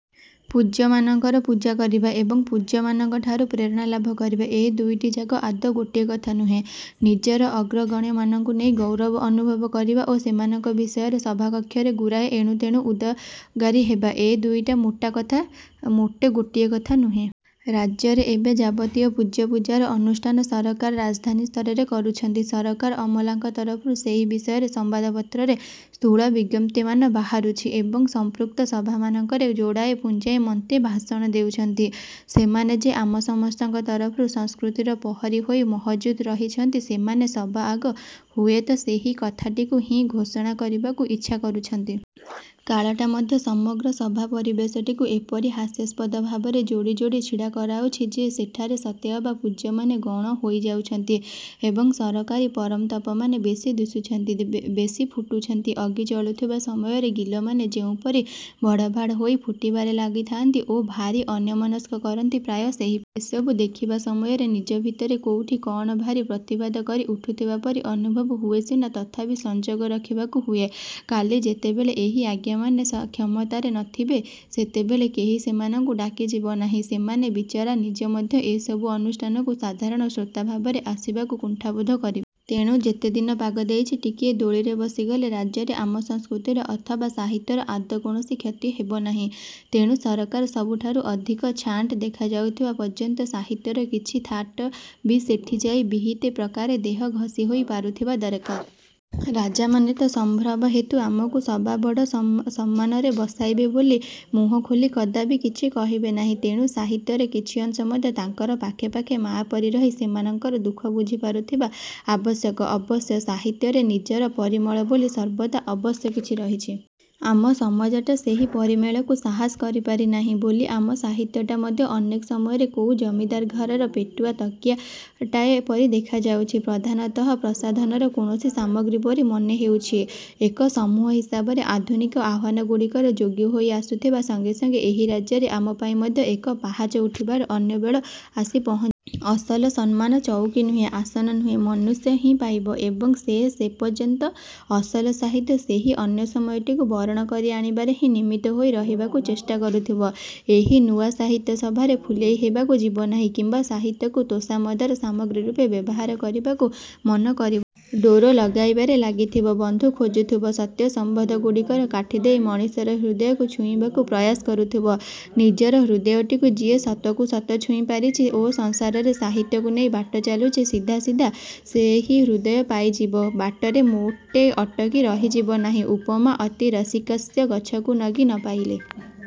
ପୂଜ୍ୟମାନଙ୍କର ପୂଜା କରିବା ଏବଂ ପୂଜ୍ୟମାନଙ୍କ ଠାରୁ ପ୍ରେରଣା ଲାଭ କରିବା, ଏ ଦୁଇଟିଯାକ ଆଦୌ ଗୋଟିଏ କଥା ନୁହେଁ। ନିଜର ଅଗ୍ରଗଣ୍ୟମାନଙ୍କୁ ନେଇ ଗୌରବ ଅନୁଭବ କରିବା ଓ ସେମାନଙ୍କ ବିଷୟରେ ସଭାକକ୍ଷରେ ଗୁରାଏ ଏଣୁ ତେଣୁ ଉଦଗାରି ହେବା, ଏ ଦୁଇଟା ମୋଟେ ଗୋଟିଏ କଥା ନୁହେଁ। ରାଜ୍ୟରେ ଏବେ ଯାବତୀୟ ପୂଜ୍ୟ ପୂଜାର ଅନୁଷ୍ଠାନ ସରକାର ରାଜଧାନୀ ସ୍ତରରେ କରୁଛନ୍ତି। ସରକାରୀ ଅମଲାଙ୍କ ତରଫରୁ ସେହି ବିଷୟରେ ସମ୍ବାଦପତ୍ରରେ ସ୍ଥୂଳ ବିଜ୍ଞପ୍ତିମାନ ବାହାରୁଛି। ଏବଂ ସମ୍ପୃକ୍ତ ସଭାମାନଙ୍କରେ ଯୋଡ଼ାଏ ପୁଞ୍ଜାଏ ମନ୍ତ୍ରୀ ଭାଷଣ ଦେଉଛନ୍ତି। ସେମାନେ ଯେ ଆମ ସମସ୍ତଙ୍କ ତରଫରୁ ସଂସ୍କୃତିର ପ୍ରହରୀ ହୋଇ ମହଜୁଦ ରହିଛନ୍ତି, ସେମାନେ ସବାଆଗ ହୁଏତ ସେହି କଥାଟିକୁ ହିଁ ଘୋଷଣା କରିବାକୁ ଇଚ୍ଛା କରୁଛନ୍ତି। କାଳଟା ମଧ୍ୟ ସମଗ୍ର ସଭା ପରିବେଶଟିକୁ ଏପରି ହାସ୍ୟାସ୍ପଦ ଭାବରେ ଯୋଡ଼ି ଯୋଡ଼ି ଛିଡ଼ା କରାଉଛି ଯେ, ସେଠାରେ ସତେ ଅବା ପୂଜ୍ୟମାନେ ଗୌଣ ହୋଇ ଯାଉଛନ୍ତି ଏବଂ ସରକାରୀ ପରଂତପମାନେ ବେଶୀ ଦୁଶୁଛନ୍ତି, ବେଶୀ ଫୁଟୁଛନ୍ତି। ଅଗି ଜଳୁଥିବା ସମୟରେ ଗିଲମାନେ ଯେଉଁପରି ଭଡ଼ଭାଡ଼ ହୋଇ ଫୁଟିବାରେ ଲାଗିଥାନ୍ତି ଓ ଭାରି ଅନ୍ୟମନସ୍କ କରନ୍ତି ପ୍ରାୟ ସେହିପରି। ଏସବୁ ଦେଖିବା ସମୟରେ ନିଜ ଭିତରେ କୋଉଠି କଣ ଭାରି ପ୍ରତିବାଦ କରି ଉଠୁଥିବା ପରି ଅନୁଭବ ହୁଏ ସିନା ତଥାପି ସଂଯୋଗ ରଖିବାକୁ ହୁଏ। କାଲି ଯେତେବେଳେ ଏହି ଆଜ୍ଞାମାନେ କ୍ଷମତାରେ ନଥିବେ, ସେତେବେଳେ କେହି ସେମାନଙ୍କୁ ଡାକିଯିବ ନାହିଁ, ସେମାନେ ବିଚରା ନିଜେ ମଧ୍ୟ ଏସବୁ ଅନୁଷ୍ଠାନକୁ ସାଧାରଣ ଶ୍ରୋତା ଭାବରେ ଆସିବାକୁ କୁଣ୍ଠାବୋଧ କରିବେ। ତେଣୁ ଯେତେଦିନ ପାଗ ଦେଇଛି, ଟିକିଏ ଦୋଳିରେ ବସିଗଲେ ରାଜ୍ୟରେ ଆମ ସଂସ୍କୃତିର ଅଥବା ସାହିତ୍ୟର ଆଦୌ କୌଣସି କ୍ଷତି ହେବନାହିଁ। ତେଣୁ ସରକାର ସବୁଠାରୁ ଅଧିକ ଛାଣ୍ଟ ଦେଖାଯାଉଥିବା ପର୍ଯ୍ୟନ୍ତ ସାହିତ୍ୟର କିଛି ଥାଟ ବି ସେଠି ଯାଇ ବିହିତ ପ୍ରକାରେ ଦେହ ଘଷି ହୋଇ ପାରୁଥିବା ଦରକାର। ରାଜାମାନେ ତ ସମ୍ଭ୍ରମ ହେତୁ ଆମକୁ ସବା ବଡ଼ ସମ୍ମାନରେ ବସାଅ ବୋଲି ମୁହଁ ଖୋଲି କଦାପି କିଛି କହିବେ ନାହିଁ, ତେଣୁ ସାହିତ୍ୟର କିଛି ଅଂଶ ମଧ୍ୟ ତାଙ୍କର ପାଖେ ପାଖେ ମାଆ ପରି ରହି ସେମାନଙ୍କର ଦୁଃଖ ବୁଝିପାରୁଥିବା ଆବଶ୍ୟକ। ଅବଶ୍ୟ ସାହିତ୍ୟରେ ନିଜର ପରିମଳ ବୋଲି ସର୍ବଦା ଅବଶ୍ୟ କିଛି ରହିଛି। ଆମ ସମାଜଟା ସେହି ପରିମଳକୁ ସାହସ କରିପାରି ନାହିଁ ବୋଲି ଆମ ସାହିତ୍ୟଟା ମଧ୍ୟ ଅନେକ ସମୟରେ କୋଉ ଜମିଦାର ଘରର ପେଟୁଆ ତକିଆଟାଏ ପରି ଦେଖାଯାଉଛି। ପ୍ରଧାନତଃ ପ୍ରସାଧନର କୌଣସି ସାମଗ୍ରୀ ପରି ମନେହେଉଛି। ଏକ ସମୂହ ହିସାବରେ ଆଧୁନିକ ଆହ୍ୱାନଗୁଡ଼ିକର ଯୋଗ୍ୟ ହୋଇ ଆସୁଥିବା ସଂଗେ ସଂଗେ ଏହି ରାଜ୍ୟରେ ଆମ ପାଇଁ ମଧ୍ୟ ଏକ ପାହାଚ ଉଠିବାର ଅନ୍ୟ ବେଳ ଆସି ପହଞ୍ଚିଯିବ। ଅସଲ ସମ୍ମାନ ଚଉକି ନୁହେଁ, ଆସନ ନୁହେଁ, ମନୁଷ୍ୟ ହିଁ ପାଇବ। ଏବଂ ସେ ପର୍ଯ୍ୟନ୍ତ ଅସଲ ସାହିତ୍ୟ ସେହି ଅନ୍ୟ ସମୟଟିକୁ ବରଣ କରି ଆଣିବାରେ ହିଁ ନିମିତ୍ତ ହୋଇ ରହିବାକୁ ଚେଷ୍ଟା କରୁଥିବ। ଏହି ନୂଆ ସାହିତ୍ୟ ସଭାରେ ଫୁଲେଇ ହେବାକୁ ଯିବନାହିଁ କିମ୍ବା ସାହିତ୍ୟକୁ ତୋଷାମଦର ସାମଗ୍ରୀ ରୂପେ ବ୍ୟବହାର କରିବାକୁ ମନ କରିବ ନାହିଁ। ଡୋର ଲଗାଇବାରେ ଲାଗିଥିବ, ବନ୍ଧୁ ଖୋଜୁଥିବ, ସତ୍ୟ ସମ୍ବନ୍ଧ ଗୁଡ଼ିକର କାଠି ଦେଇ ମଣିଷର ହୃଦୟକୁ ଛୁଇଁବାକୁ ପ୍ରୟାସ କରୁଥିବ। ନିଜର ହୃଦୟଟିକୁ ଯିଏ ସତକୁ ସତ ଛୁଇଁପାରିଛି ଓ ସଂସାରରେ ସାହିତ୍ୟକୁ ନେଇ ବାଟ ଚାଲୁଛି, ସିଏ ସିଧା ସେହି ହୃଦୟ ଯାଏ ଯିବ। ବାଟରେ ମୋଟେ ଅଟକି ରହିଯିବ ନାହିଁ । ଉପମା ଅତିରସିକସ୍ୟ ଗଛକୁ ନଗି ନପାଇଲେ